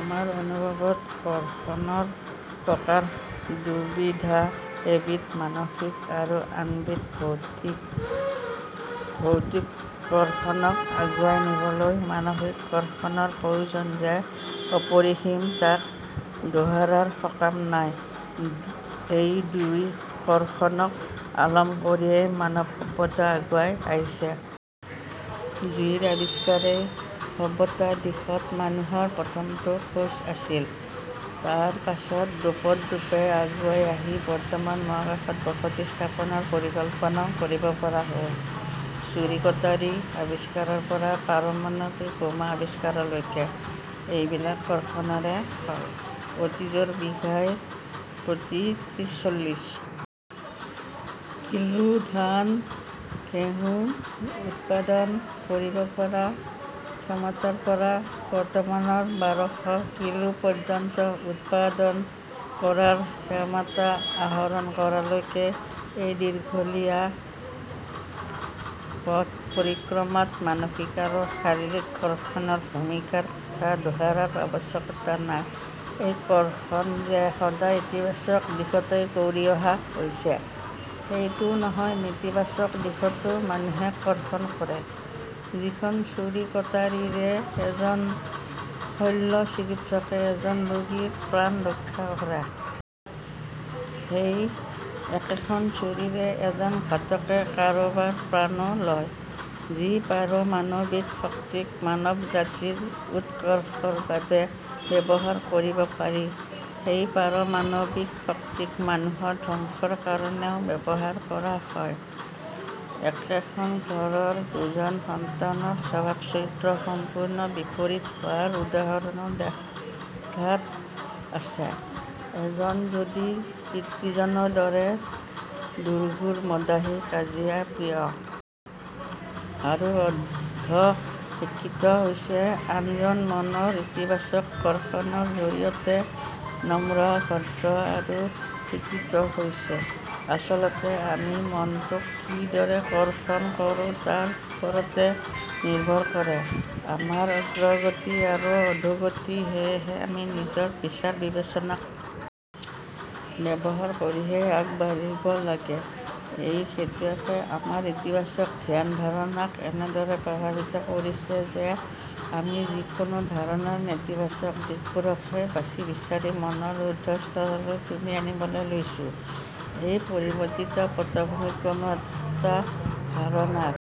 আমাৰ অনুভৱত কৰ্ষণৰ প্ৰকাৰ দুবিধ৷ এবিধ মানসিক আৰু আন বিধ ভৌতিক৷ ভৌতিক কৰ্ষণক আগুৱাই নিবলৈ মানসিক কৰ্ষণৰ প্ৰয়োজন যে অপৰিসীম তাক দোহৰাৰ সকাম নাই৷ এই দুই কৰ্ষণক আলম কৰিয়ে মানৱ সভ্যতা আগুৱাই আহিছে। জুইৰ আৱিষ্কাৰেই সভ্যতাৰ দিশত মানুহৰ প্ৰথমটো খোজ আছিল৷ তাৰপাছত দোপত-দোপে আগুৱাই আহি বৰ্তমান মহাকাশত বসতি স্থাপনৰ পৰিকল্পনাও কৰিব পৰা হ'ল৷ চুৰি কটাৰী আৱিষ্কাৰৰ পৰা পাৰমাণৱিক বোমা আৱিষ্কাৰলৈকে। এইবিলাক কৰ্ষণৰে ফল৷ অতীজৰ বিঘাই প্ৰতি ত্ৰিছচল্লিছ কিলো ধান-ঘেঁহু উৎপাদন কৰিব পৰা ক্ষমতাৰ পৰা বৰ্তমানৰ বাৰ শ কিলো পৰ্যন্ত উৎপাদন কৰাৰ ক্ষমতা আহৰণ কৰালৈকে এই দীঘলিয়া পথ পৰিক্ৰমাত মানসিক আৰু শাৰীৰিক কৰ্ষণৰ ভূমিকাৰ কথা দোহৰাৰ আৱশ্যকতা নাই৷ এই কৰ্ষণ যে সদায় ইতিবাচক দিশতেই কৰি অহা হৈছে ,সেইটোও নহয় নেতিবাচক দিশতো মানুহে কৰ্ষণ কৰে৷ যিখন চুৰি কটাৰীৰে এজন শৈল্য চিকিৎসকে এজন ৰোগীৰ প্ৰাণ ৰক্ষা কৰে। সেই একেখন চুৰিৰে এজন ঘাতকে কাৰোবাৰ প্ৰাণো লয়৷ যি পাৰমাণৱিক শক্তিক মানৱ জাতিৰ উৎকৰ্ষৰ বাবে ব্যৱহাৰ কৰিব পাৰি ।সেই পাৰমাণৱিক শক্তিক মানুহৰ ধ্বংসৰ কাৰণেও ব্যৱহাৰ কৰা হয়৷ একেখন ঘৰৰ দুজন সন্তানৰ স্বভাৱ চৰিত্ৰ সম্পূৰ্ণ বিপৰীত হোৱাৰ উদাহৰণো দেধাৰ আছে৷ এজন যদি পিতৃজনৰ দৰে দুৰ্ঘোৰ মদাহী কাজিয়া। প্ৰিয় আৰু অৰ্ধ শিক্ষিত হৈছে আনজন মনৰ ইতিবাচক কৰ্ষণৰ জৰিয়তে নম্ৰ ভদ্ৰ আৰু শিক্ষিত হৈছে৷ আচলতে আমি মনটোক কিদৰে কৰ্ষণ কৰো তাৰ ওপৰতে নিৰ্ভৰ কৰে আমাৰ অগ্ৰগতি আৰু অধোগতি৷ সেয়েহে আমি নিজৰ বিচাৰ বিবেচনাক ব্যৱহাৰ কৰিহে আগবাঢ়িব লাগে৷ এই খেতিয়ে আমাৰ ইতিবাচক ধ্যান ধাৰণাক এনেদৰ প্ৰভাৱিত কৰিছে যে আমি যিকোনো ধাৰণাৰ নেতিবাচক দিশবোৰকহে বাচি বিচাৰি মনৰ উৰ্ধ স্তৰলৈ তুলি আনিবলৈ লৈছো৷ এই পৰিৱৰ্তিত পটভূমিত কোনো এটা ধাৰণাৰ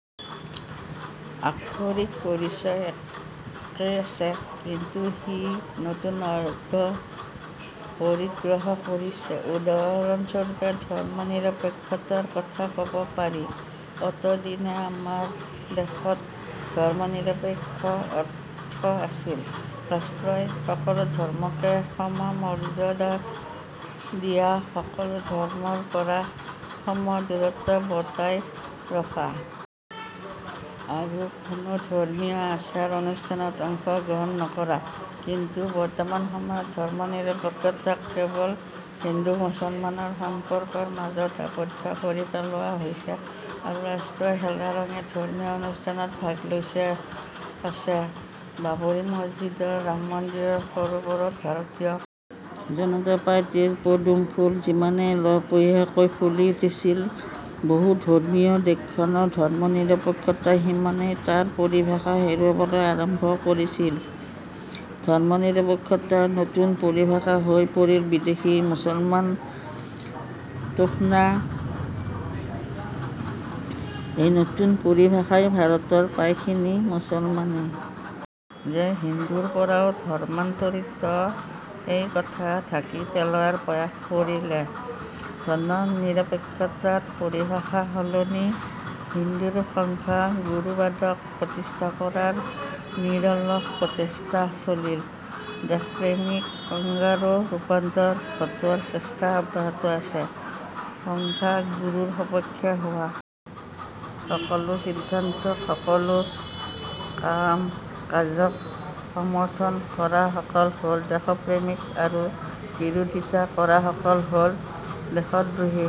আক্ষৰিক পৰিচয় একেই আছে কিন্তু সি নতুন অৰ্থ পৰিগ্ৰহ কৰিছে৷ উদাহৰণ স্বৰূপে ধৰ্ম-নিৰপেক্ষতাৰ কথা ক'ব পাৰি৷ অতদিনে আমাৰ দেশত ধৰ্ম-নিৰপেক্ষতাৰ অৰ্থ আছিল ৰাষ্ট্ৰই সকলো ধৰ্মকে সম-মৰ্যাদা দিয়া সকলো ধৰ্মৰ পৰা সম-দূৰত্ব বৰ্তাই ৰখা আৰু কোনো ধৰ্মীয় আচাৰ-অনুষ্ঠানত অংশ গ্ৰহণ নকৰা৷ কিন্তু বৰ্তমান সময়ত ধৰ্ম-নিৰপেক্ষতাক কেৱল হিন্দু-মুছলমানৰ সম্পৰ্কৰ মাজত আবদ্ধ কৰি পেলোৱা হৈছে আৰু ৰাষ্ট্ৰই হেলাৰঙে ধৰ্মীয় অনুষ্ঠানত ভাগ লৈ আছে৷ বাবৰি মছজিদ ৰাম মন্দিৰৰ সৰোবৰত ভাৰতীয় জনতা পাৰ্টীৰ পদুম ফুল যিমানে লহপহীয়াকৈ ফুলি উঠিছিল বহু ধৰ্মীয় দেশখনত ধৰ্ম-নিৰপেক্ষতাই সিমানেই তাৰ পৰিভাষা হেৰুৱাবলৈ আৰম্ভ কৰিছিল৷ ধৰ্ম-নিৰপেক্ষতাৰ নতুন পৰিভাষা হৈ পৰিল বিদেশী মূলৰ মুছলমান তোষণ৷ এই নতুন পৰিভাষাই ভাৰতৰ প্ৰায়খিনি মুছলমানেই যে হিন্দুৰ পৰা ধৰ্মান্তৰিত সেই কথা ঢাকি পেলোৱাৰ প্ৰয়াস কৰিলে৷ ধৰ্ম-নিৰপেক্ষতাৰ পৰিভাষা সলনি কৰি হিন্দুৰ সংখ্যা গুৰুবাদক প্ৰতিষ্ঠা কৰাৰ নিৰলস প্ৰচেষ্টা চলিল৷ দেশপ্ৰেমিক সংজ্ঞাৰো ৰূপান্তৰ ঘটোৱাৰ চেষ্টা অব্যাহত আছে৷ সংখ্যা গুৰুৰ সপক্ষে হোৱা সকলো সিদ্ধান্তক সকলো কাম-কাজক সমৰ্থন কৰাসকল হ'ল দেশপ্ৰেমিক আৰু বিৰোধিতা কৰাসকল হ'ল দেশদ্ৰোহী৷